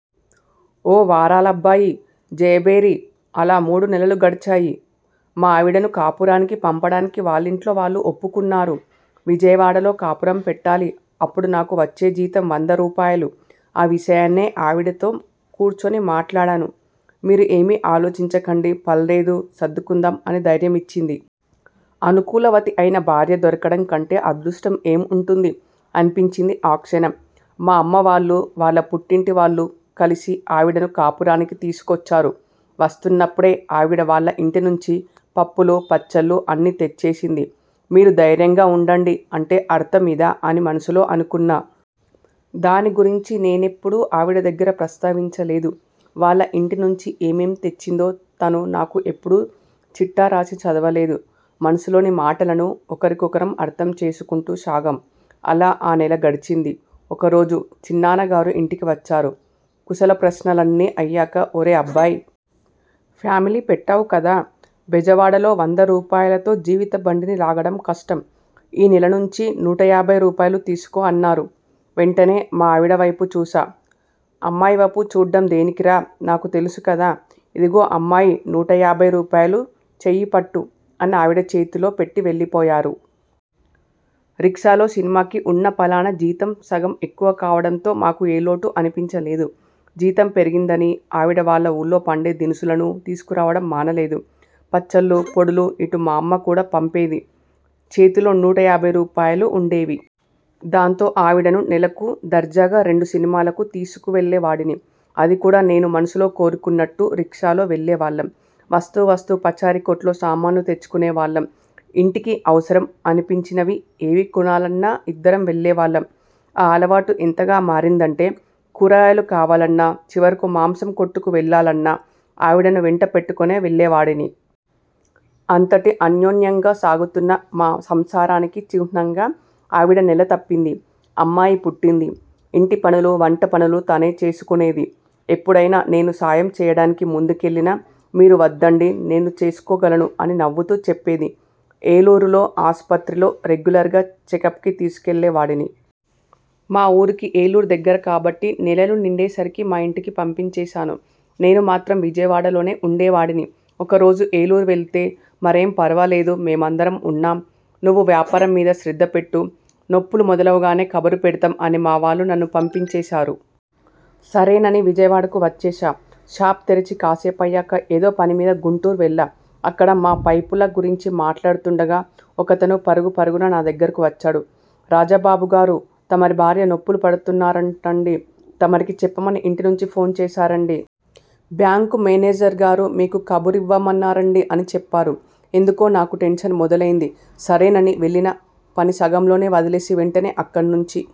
ఓ వారాలబ్బాయి జయభేరి అలా మూడు నెలలూ గడిచాయి. మా ఆవిడను కాపురానికి పంపడానికి వాళ్లింట్లో వాళ్లు ఒప్పుకున్నారు. విజయవాడలో కాపురం పెట్టాలి. అప్పుడు నాకు వచ్చే జీతం వంద రూపాయలు. ఆ విషయాన్నే ఆవిడతో కూర్చుని మాట్లాడాను. 'మీరు ఏమీ ఆలోచించకండి, ఫర్లేదు సర్దుకుందాం' అని ధైర్యమిచ్చింది. అనుకూలవతి అయిన భార్య దొరకడంకంటే అదృష్టం ఏం ఉంటుంది? అనిపించింది ఆ క్షణం. మా అమ్మావాళ్లు, వాళ్ల పుట్టింటి వాళ్లు కలిసి ఆవిడను కాపురానికి తీసుకొచ్చారు. వస్తున్నప్పుడే ఆవిడ వాళ్ల ఇంటి నుంచి పప్పులు, పచ్చళ్లు అన్నీ తెచ్చేసింది. 'మీరు ధైర్యంగా ఉండండి' అంటే అర్థం ఇదా అని మనసులో అనుకున్నా. దాని గురించి నేనెప్పుడూ ఆవిడ దగ్గర ప్రస్తావించలేదు. వాళ్ల ఇంటి నుంచి ఏమేం తెచ్చేదో తానూ నాకు ఎప్పుడూ చిట్టా రాసి చదవలేదు. మనసులోని మాటలను ఒకరికొకరం అర్థం చేసుకుంటూ సాగాం. అలా ఆ నెల గడిచింది. ఒకరోజు చిన్నాన్న గారు ఇంటికి వచ్చారు. కుశల ప్రశ్నలన్నీ అయ్యాక 'ఒరే అబ్బాయ్.. ఫ్యామిలీ పెట్టావు కదా. బెజవాడలో వంద రూపాయలతో జీవిత బండిని లాగడం కష్టం. ఈ నెల నుంచి నూట యాభై రూపాయలు తీసుకో' అన్నారు. వెంటనే మా ఆవిడవైపు చూశా. 'అమ్మాయి వైపు చూడ్డం దేనికిరా? నాకు తెలుసు కదా. ఇదిగో అమ్మాయి నూట యాభై రూపాయలు, చెయ్యిపట్టు' అని ఆవిడ చేతిలో పెట్టి వెళ్లిపోయారు. రిక్షాలో సినిమాకి ఉన్న పళాన జీతం సగం ఎక్కువ కావడంతో మాకు ఏ లోటూ అనిపించలేదు. జీతం పెరిగిందని ఆవిడ వాళ్ల ఊళ్లో పండే దినుసులను తీసుకురావడం మానలేదు. పచ్చళ్లు, పొడులు, ఇటు మా అమ్మ కూడా పంపేది. చేతిలో నూట యాభై రూపాయలు ఉండేవి. దాంతో ఆవిడను నెలకు దర్జాగా రెండు సినిమాలకు తీసుకెళ్లే వాడిని. అది కూడా నేను మనసులో కోరుకున్నట్టు రిక్షాలో వెళ్లే వాళ్లం. వస్తూ వస్తూ పచారీ కొట్లో సామాన్లు తెచ్చుకునే వాళ్లం. ఇంటికి అవసరం అనిపించినవి ఏవి కొనాలన్నా ఇద్దరం వెళ్లే వాళ్లం. ఆ అలవాటు ఎంతగా మారిందంటే కూరగాయలు కావాలన్నా, చివరకు మాంసం కొట్టుకు వెళ్లాలన్నా ఆవిడను వెంట పెట్టుకునే వెళ్లేవాడిని. అంతటి అన్యోన్యంగా సాగుతున్న మా సంసారానికి చిహ్నంగా ఆవిడ నెల తప్పింది. అమ్మాయి పుట్టింది! ఇంటి పనులూ, వంట పనులూ తనే చేసుకునేది. ఎప్పుడైనా నేను సాయం చేయడానికి ముందుకెళ్లినా 'మీరు వద్దండి. నేను చేసుకోగలను' అని నవ్వుతూ చెప్పేది. ఏలూరులో ఆసుపత్రిలో రెగ్యులర్గా చెకప్కి తీసుకెళ్లే వాడిని. మా ఊరికి ఏలూరు దగ్గర కాబట్టి నెలలు నిండే సరికి మా ఇంటికి పంపించేశాను. నేను మాత్రం విజయవాడలోనే ఉండేవాడిని. ఒకరోజు ఏలూరు వెళ్తే, 'మరేం ఫర్వాలేదు. మేమందరం ఉన్నాం. నువ్వు వ్యాపారం మీద శ్రద్ధ పెట్టు. నొప్పులు మొదలవగానే కబురుపెడతాం' అని మావాళ్లు నన్ను పంపించేశారు. సరేనని విజయవాడకు వచ్చేశా. షాప్ తెరిచి కాసేపయ్యాక ఏదో పని మీద గుంటూరు వెళ్లా. అక్కడ మా పైపుల గురించి మాట్లాడుతుండగా ఒకతను పరుగు పరుగున నా దగ్గరకు వచ్చాడు. 'రాజ బాబు గారూ.. తమరి భార్య నొప్పులు పడుతున్నారంటండీ. తమరికి చెప్పమని ఇంటి నుంచి ఫోను చేశారండీ. బ్యాంకు మేనేజర్గారు మీకు కబురివ్వమన్నారండీ' అని చెప్పారు. ఎందుకో నాకు టెన్షన్ మొదలైంది. సరేనని వెళ్లిన పని సగంలోనే వదిలేసి, వెంటనే అక్కడినుంచి